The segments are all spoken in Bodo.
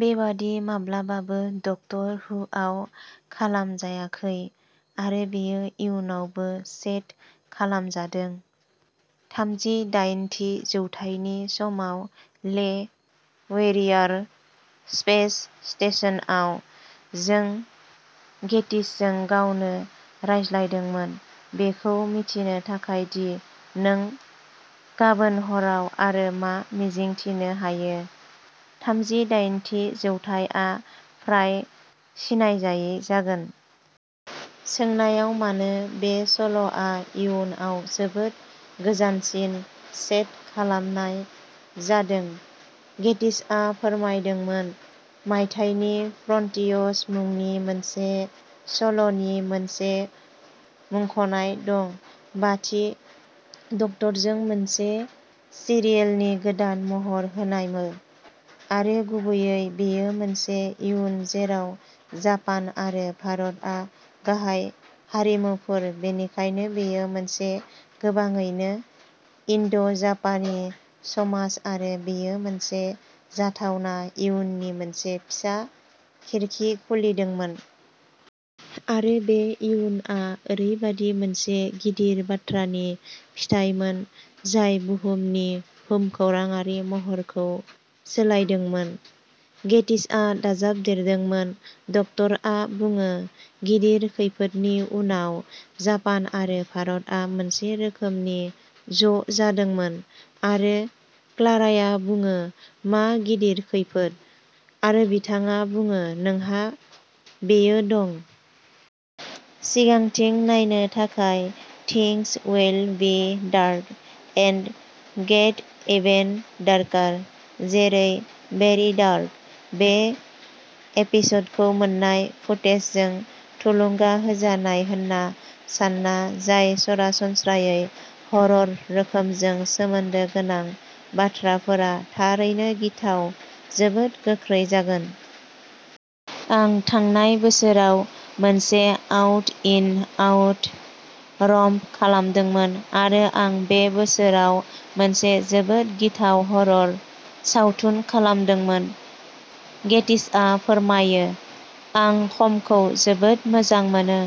बेबादि माब्लाबाबो डक्टर हुआव खालामजायाखै आरो बेयो इयुनावबो सेट खालामजादों, थामजिदायेनथि जौथाइनि समाव ले वेरियार स्पेस स्टेशनआव। जों गेटिसजों गावनो रायज्लायदोंमोन बेखौ मिथिनो थाखाय दि नों गाबोन हराव आरो मा मिजिंथिनो हायो। थामजिदायेनथि जौथाइआ फ्राय सिनायजायै जागोन। सोंनायाव मानो बे सल'आ इयुनाव जोबोद गोजानसिम सेट खालामनाय जादों, गेटिसआ फोरमायदोंमोन, मायथाइनि फ्रन्टियस मुंनि मोनसे सल'नि मोनसे मुंख'नाय दं बाथि डक्टरजों मोनसे सिरियेलनि गोदान महर होनायबो, आरो गुबैयै बेयो मोनसे इयुन जेराव जापान आरो भारतआ गाहाय हारिमुफोर, बेनिखायनो बेयो मोनसे गोबाङैनो इन्ड' जापानी समाज आरो बेयो मोनसे जाथावना इयुननि मोनसे फिसा खिरखि खुलिदोंमोन। आरो बे इयुनआ ओरैबायदि मोनसे गिदिर बाथ्रानि फिथाइमोन जाय बुहुमनि भुमखौराङारि महरखौ सोलायदोंमोन। गेटिसआ दाजाबदेरदोंमोन डक्टरआ बुङो, गिदिर खैफोदनि उनाव, जापान आरो भारतआ मोनसे रोखोमनि ज'जादोंमोन। आरो क्लाराया बुङो, मा गिदिर खैफोद? आरो बिथाङा बुङो, नोंहा बेयो दं। सिगांथिं नायनो थाखाय things will be dark. And get even darker. जेरै, वेरी डार्क। बे एपिसडखौ मोन्नाय फुटेजजों थुलुंगा होजानाय होन्ना सान्ना, जाय सरासनस्रायै हरर रोखोमजों सोमोन्दो गोनां, बाथ्राफोरा थारैनो गिथाव, जोबोद गोख्रै जागोन। आं थांनाय बोसोराव मोनसे आउट-एन्ड-आउट रम्प खालामदोंमोन आरो आं बे बोसोराव मोनसे जोबोद गिथाव हरर सावथुन खालामदोंमोन गेटिसआ फोरमायो। आं खमखौ जोबोद मोजां मोनो।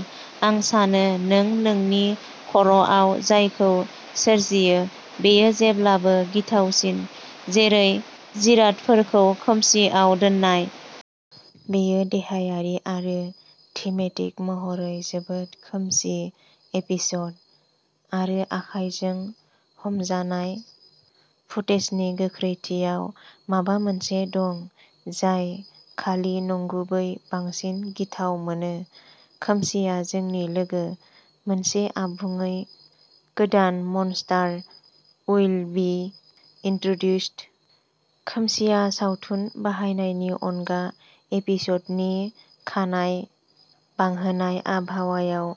आं सानो नों नोंनि खर'आव जायखौ सोरजियो बेयो जेब्लाबो गिथावसिन, जेरै जिरादफोरखौ खोमसिआव दोननाय। बेयो देहायारि आरो थिमेटिक महरै जोबोद खोमसि एपिसड। आरो आखायजों हमजानाय फुटेजनि गोख्रैथियाव माबा मोनसे दं जाय खालि नंगुबै, बांसिन गिथाव मोनो। खोमसिआ जोंनि लोगो। मोनसे आबुङै गोदान मनस्टार उइल बि इन्ट्रडुस्ड। खोमसिआव सावथुन बाहायनायनि अनगा, एपिसडनि खानाय बांहोनाय आबहावायाव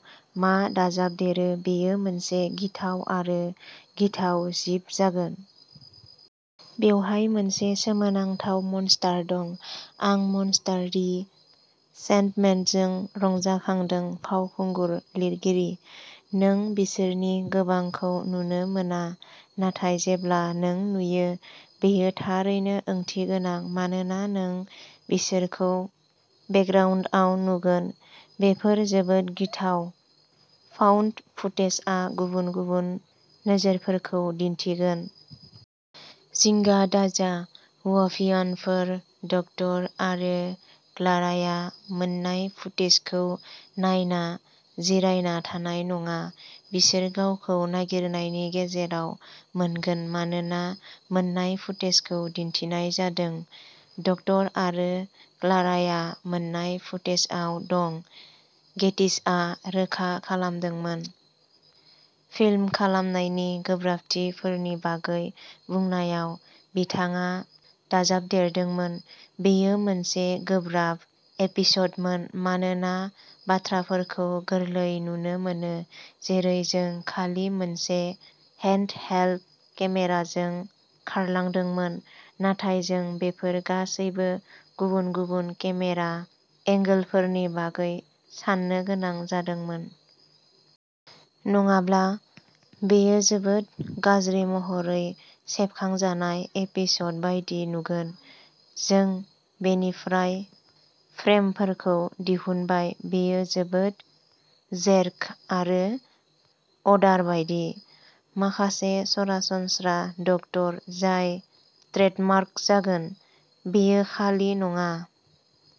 मा दाजाबदेरो बेयो मोनसे गिथाव आरो गिथाव जिब जागोन। बेवहाय मोनसे सोमोनांथाव मनस्टार दं। आं मनस्टार, दि सेन्डमेनजों रंजाखांदों फावखुंगुर लिरगिरि। नों बिसोरनि गोबांखौ नुनो मोना, नाथाय जेब्ला नों नुयो, बेयो थारैनो ओंथिगोनां मानोना नों बिसोरखौ बेकग्राउन्दआव नुगोन। बेफोर जोबोद गिथाव। फाउन्ड फुटेजआ गुबुन गुबुन नोजोरफोरखौ दिन्थिगोन। जिंगा दाजा, व्हभियानफोर, डक्टर आरो क्लाराया मोन्नाय फुटेजखौ नायना जिरायना थानाय नङा। बिसोर गावखौ नागिरनायनि गेजेराव मोनगोन मानोना मोन्नाय फुटेजखौ दिन्थिनाय जादों। डक्टर आरो क्लाराया मोन्नाय फुटेजआव दं, गेटिसआ रोखा खालामदोंमोन। फिल्म खालामनायनि गोब्राबथिफोरनि बागै बुंनायाव, बिथाङा दाजाबदेरदोंमोन, बेयो मोनसे गोब्राब एपिसडमोन, मानोना बाथ्राफोरखौ गोरलै नुनो मोनो, जेरै जों खालि मोनसे हेन्डहेल्ड केमेराजों खारलांदोंमोन, नाथाय जों बेफोर गासैबो गुबुन-गुबुन केमेरा एंगोलफोरनि बागै साननो गोनां जादोंमोन। नङाब्ला, बेयो जोबोद गाज्रि महरै सेबखांजानाय एपिसड बायदि नुगोन। जों बेनिफ्राय फ्रेमफोरखौ दिहुनबाय बेयो जोबोद जेर्क आरो अडार बायदि। माखासे सरासनस्रा डक्टर जाय ट्रेडमार्क जागोन। बेयो खालि नङा।